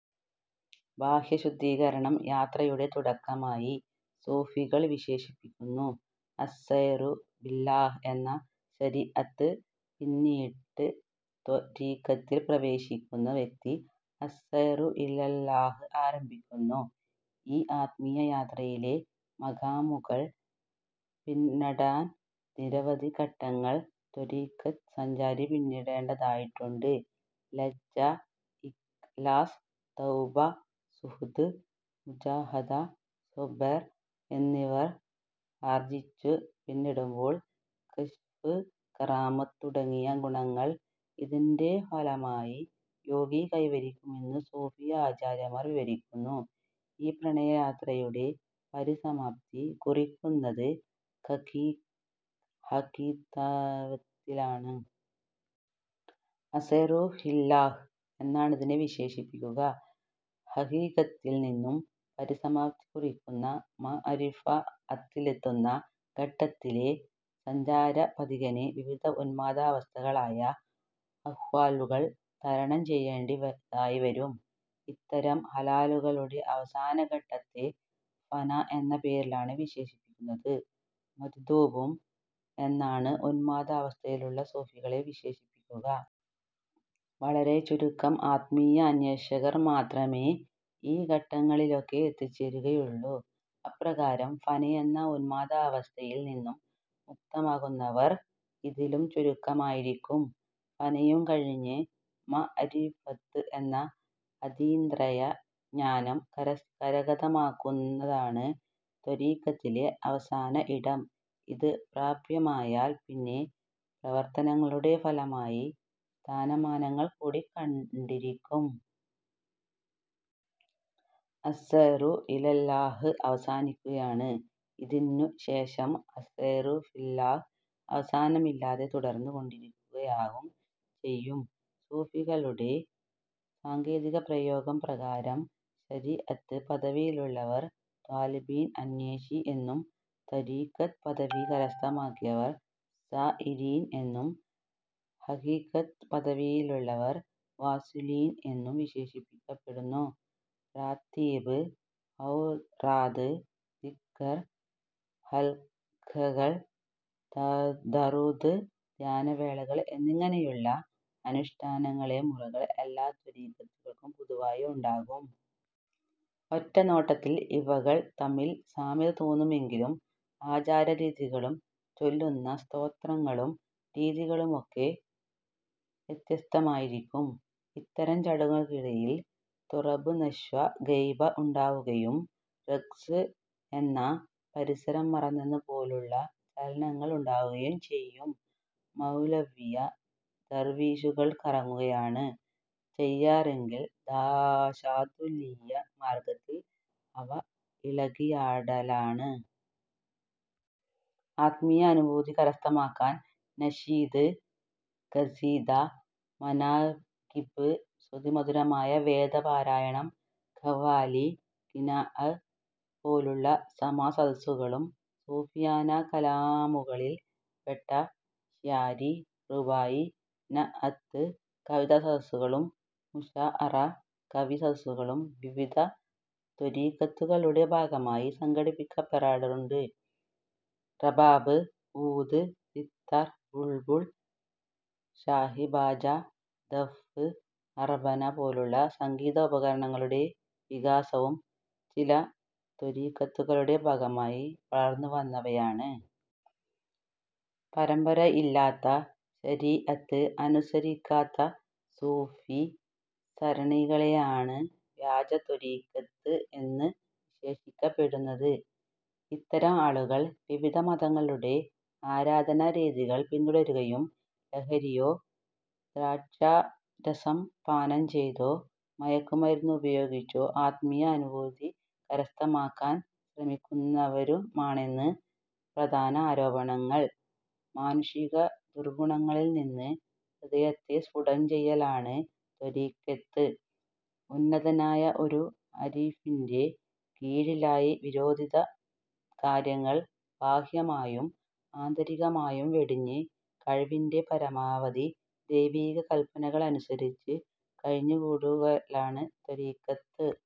ബാഹ്യശുദ്ധീകരണം യാത്രയുടെ തുടക്കമായി സൂഫികൾ വിശേഷിപ്പിക്കുന്നു. അസ്സൈറു ബില്ലാഹ് എന്ന ശരീഅത്ത് പിന്നിട്ട് ത്വരീഖത്തിൽ പ്രവേശിക്കുന്ന വ്യക്തി അസ്സൈറു ഇലല്ലാഹ് ആരംഭിക്കുന്നു. ഈ ആത്മീയ യാത്രയിലെ മഖാമുകൾ പിന്നിടാൻ നിരവധി ഘട്ടങ്ങൾ ത്വരീഖത്ത് സഞ്ചാരി പിന്നിണ്ടേണ്ടതായിട്ടുണ്ട് ലജ്ജ ഇഖ്ലാസ് തൗബ, സുഹ്ദ് മുജാഹദ, സ്വബ്ർ, എന്നിവകൾ ആർജ്ജിച്ചു പിന്നിടുമ്പോൾ കശ്ഫ്, കറാമത്ത് തുടങ്ങിയ ഗുണങ്ങൾ ഇതിൻറെ ഫലമായി യോഗി കൈവരിക്കുമെന്ന് സൂഫി ആചാര്യമാർ വിവരിക്കുന്നു ഈ പ്രണയ യാത്രയുടെ പരിസമാപ്തി കുറിക്കുന്നത് ഹഖീഖത്തിലാണ്. അസ്സൈറു ഫില്ലാഹ് എന്നാണിതിനെ വിശേഷിപ്പിക്കുക. ഹഖീഖത്തിൽ നിന്നും പരിസമാപ്തി കുറിക്കുന്ന മഅരിഫഅത്തിലെത്തുന്ന ഘട്ടത്തിൽ സഞ്ചാര പഥികന് വിവിധ ഉന്മാദ അവസ്ഥകളായ അഹ്വാൽലുകൾ തരണം ചെയ്യേണ്ടതായി വരും. ഇത്തരം ഹാലുകളുടെ അവസാന ഘട്ടത്തെ ഫന എന്ന പേരിലാണ് വിശേഷിപ്പിക്കപ്പടുന്നത്. മജ്ദൂബും എന്നാണ് ഉന്മാദ അവസ്ഥയിലുള്ള സൂഫികളെ വിശേഷിപ്പിക്കുക. വളരെ ചുരുക്കം ആത്മീയ അന്വേഷകർ മാത്രമേ ഈ ഘട്ടങ്ങളിലൊക്കെ എത്തിച്ചേരുകയുള്ളു. അപ്രകാരം ഫനയെന്ന ഉന്മാദ അവസ്ഥയിൽ നിന്നും മുക്തമാകുന്നവർ അതിലും ചുരുക്കമായിരിക്കും. ഫനയും കഴിഞ്ഞു മഅരിഫത്ത് എന്ന അതീന്ദ്രയ ജ്ഞാനം കരഗതമാകുന്നതാണ് ത്വരീഖത്തിലെ അവസാന ഇടം. ഇത് പ്രാപ്യമായാൽ പിന്നെ പ്രവർത്തനങ്ങളുടെ ഫലമായി സ്ഥാനമാനങ്ങൾ കൂടി കൊണ്ടിരിക്കും. അസ്സൈറു ഇലല്ലാഹ്' അവസാനിക്കുകയാണ്. ഇതിന്നു ശേഷം 'അസ്സൈറു ഫില്ലാഹ്' അവസാനമില്ലാതെ തുടർന്ന് കൊണ്ടിരിക്കുകായും ചെയ്യും. സ്വൂഫികളുടെ സാങ്കേതിക പ്രയോഗ പ്രകാരം ശരീഅത്ത് പദവിയിലുള്ളവർ ' ത്വാലിബീൻ' അന്വേഷി എന്നും, ത്വരീഖത്ത് പദവി കരസ്ഥമാക്കിയവർ 'സാ ഇരീൻ' എന്നും, ഹഖീഖത്ത് പദവിയിലുള്ളവർ 'വാസ്വിലീൻ' എന്നും വിശേഷിക്കപ്പെടുന്നു. റാത്തീബ്, ഔറാദ്, ദിഖ്ർ ഹൽഖകൾ, ദാറൂദ്, ധ്യാനവേളകൾ എന്നിങ്ങനെയുള്ള അനുഷ്ഠാന മുറകൾ എല്ലാ ത്വരീഖത്തുകൾക്കും പൊതുവായി ഉണ്ടാകും. ഒറ്റ നോട്ടത്തിൽ ഇവകൾ തമ്മിൽ സാമ്യത തോന്നുമെങ്കിലും ആചാര രീതികളും ചൊല്ലുന്ന സ്തോത്രങ്ങളും രീതികളുമൊക്കെ വ്യത്യസ്തമായിരിക്കും. ഇത്തരം ചടങ്ങുകൾക്കിടയിൽ ത്വറബ് നശ്വ ഗൈബ ഉണ്ടാവുകയും റഖ്സ്വ് എന്ന പരിസരം മറന്നെന്ന പോലുള്ള ചലനങ്ങൾ ഉണ്ടാകുകയും ചെയ്യും. മൗലവിയ്യ ദർവീശുകൾ കറങ്ങുകയാണ് ചെയ്യാറെങ്കിൽ ശാദുലിയ്യ മാർഗ്ഗത്തിൽ അവ ഇളകിയാടലാണ്. ആത്മീയ അനുഭൂതി കരസ്ഥമാക്കാൻ നശീദ്, ഖസീദഃ, മനാഖിബ്, ശ്രുതിമധുരമായ വേദ പാരായണം, ഖവ്വാലി, ഗിനാഅ്, പോലുള്ള സമാഃ സദസ്സുകളും, സൂഫിയാന കലാമുകളിൽ പെട്ട ശ്യാരി, റുബായി, നഅ്ത്ത് കവിതാസദസ്സുകളും, മുശാഅറ കവി സദസ്സുകളും വിവിധ ത്വരീഖത്തുകളുടെ ഭാഗമായി സംഘടിക്കപ്പെടാറുണ്ട്. റബാബ്, ഊദ്, സിത്താർ, ബുൾബുൾ, ഷാഹിബാജ, ദഫ്, അറബന പോലുള്ള സംഗീത ഉപകരണങ്ങളുടെ വികാസവും ചില ത്വരീഖത്തുകളുടെ ഭാഗമായി വളർന്നു വന്നവയാണ്. പരമ്പര ഇല്ലാത്ത, ശരീഅത്ത് അനുസരിക്കാത്ത സൂഫി സരണികളെയാണ് വ്യാജ ത്വരീഖത്ത് എന്ന് വിശേഷിക്കപ്പെടുന്നത്. ഇത്തരം ആളുകൾ വിവിധ മതങ്ങളുടെ ആരാധനാ രീതികൾ പിന്തുടരുകയും ലഹരിയോ, ദ്രാക്ഷാരസം പാനം ചെയ്തോ, മയക്കുമരുന്നുപയോഗിച്ചോ ആത്മീയ അനുഭൂതി കരസ്ഥമാക്കാൻ ശ്രമിക്കുന്നവരുമാണെന്നാണ് പ്രധാന ആരോപണങ്ങൾ മാനുഷിക ദുർഗ്ഗുണങ്ങളിൽ നിന്ന് ഹൃദയത്തെ സ്ഫുടം ചെയ്യലാണ് ത്വരീഖത്ത് ഉന്നതനായ ഒരു ആരിഫിന്റെ കീഴിലായി വിരോധിത കാര്യങ്ങൾ ബാഹ്യമായും ആന്തരികമായും വെടിഞ്ഞ്, കഴിവിന്റെ പരമാവധി ദൈവിക കൽപ്പനകൾ അനുസരിച്ച് കഴിഞ്ഞുകൂടലാണ് ത്വരീഖത്ത്.